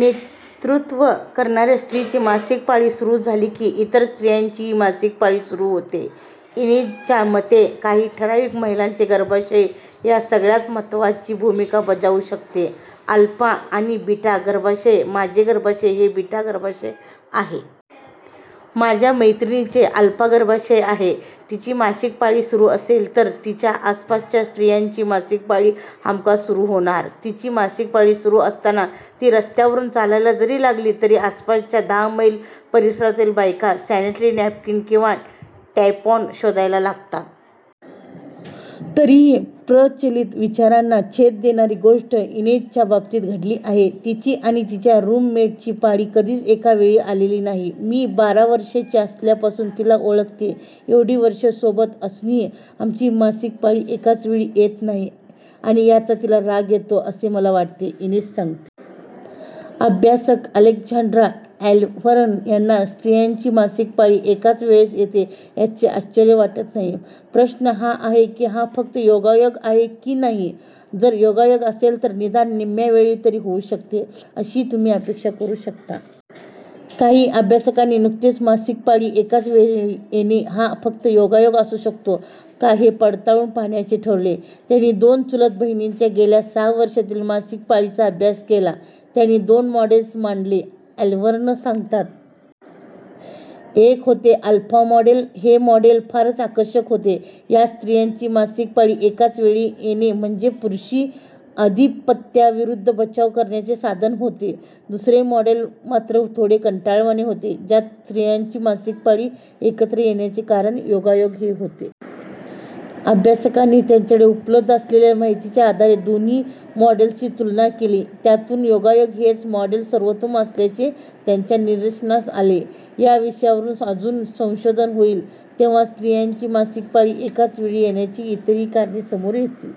नेतृत्व करणाऱ्या स्त्रीची मासिक पाळी सुरू झाली की, इतर स्त्रियांचीही मासिक पाळी सुरू होते. इनेझच्या मते, काही ठराविक महिलांचे गर्भाशय या सगळ्यात महत्त्वाची भूमिका बजावू शकते. अल्फा आणि बीटा गर्भाशय - "माझे गर्भाशय हे बीटा गर्भाशय आहे. माझ्या मैत्रिणीचे अल्फा गर्भाशय आहे. तिची मासिक पाळी सुरू असेल तर तिच्या आसपासच्या स्त्रियांची मासिक पाळी हमखास सुरू होणार. तिची मासिक पाळी सुरू असताना ती रस्त्यावरून चालायला जरी लागली तरी आसपासच्या दहा मैल परिसरातल्या बायका सॅनिटरी नॅपकिन किंवा टॅम्पॉन शोधायला लागतात." तरीही प्रचलित विचारांना छेद देणारी गोष्ट इनेझच्या बाबतीत घडली आहे. तिची आणि तिच्या रूममेटची पाळी कधीच एका वेळी आलेली नाही. "मी बारा वर्षांची असल्यापासून तिला ओळखते. एवढी वर्षे सोबत असूनही आमची मासिक पाळी एकाच वेळी येत नाही आणि याचा तिला राग येतो असे मला वाटते," इनेझ सांगते. अभ्यासक अलेक्झांड्रा ॲलव्हर्न यांना स्त्रियांची मासिक पाळी एकाच वेळेस येते याचे आश्चर्य वाटत नाही. "प्रश्न हा आहे की हा फक्त योगायोग आहे की नाही? जर योगायोग असेल तर निदान निम्म्या वेळी तरी हे होऊ शकते अशी तुम्ही अपेक्षा करू शकता. काही अभ्यासकांनी नुकतेच मासिक पाळी एकाच वेळेस येणे हा फक्त योगायोग असू शकतो का हे पडताळून पाहण्याचे ठरवले. त्यांनी दोन चुलत बहिणींच्या गेल्या सहा वर्षांतील मासिक पाळीचा अभ्यास केला." "त्यांनी दोन मॉडेल्स मांडले," ॲलव्हर्न सांगतात. "एक होते 'अल्फा' मॉडेल. हे मॉडेल फारच आकर्षक होते; यात स्त्रियांची मासिक पाळी एकाच वेळी येणे म्हणजे पुरुषी अधिपत्याविरुद्ध बचाव करण्याचे साधन होते. दुसरे मॉडेल मात्र थोडे कंटाळवाणे होते, ज्यात स्त्रियांची मासिक पाळी एकत्र येण्याचे कारण योगायोग हे होते. अभ्यासकांनी त्यांच्याकडे उपलब्ध असलेल्या माहितीच्या आधारे दोन्ही मॉडेल्सची तुलना केली. त्यातून 'योगायोग' हेच मॉडेल सर्वोत्तम असल्याचे त्यांच्या निदर्शनास आले. या विषयावर अजून संशोधन होईल, तेव्हा स्त्रियांची मासिक पाळी एकाच वेळी येण्याची इतरही कारणे समोर येतील.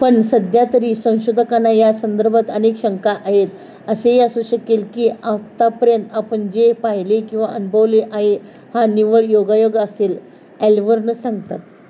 पण सध्यातरी संशोधकांना या संदर्भात अनेक शंका आहेत. "असेही असू शकेल की, आतापर्यंत आपण जे पाहिले किंवा अनुभवले आहे, हा निव्वळ योगायोग असेल," ॲलव्हर्न सांगतात.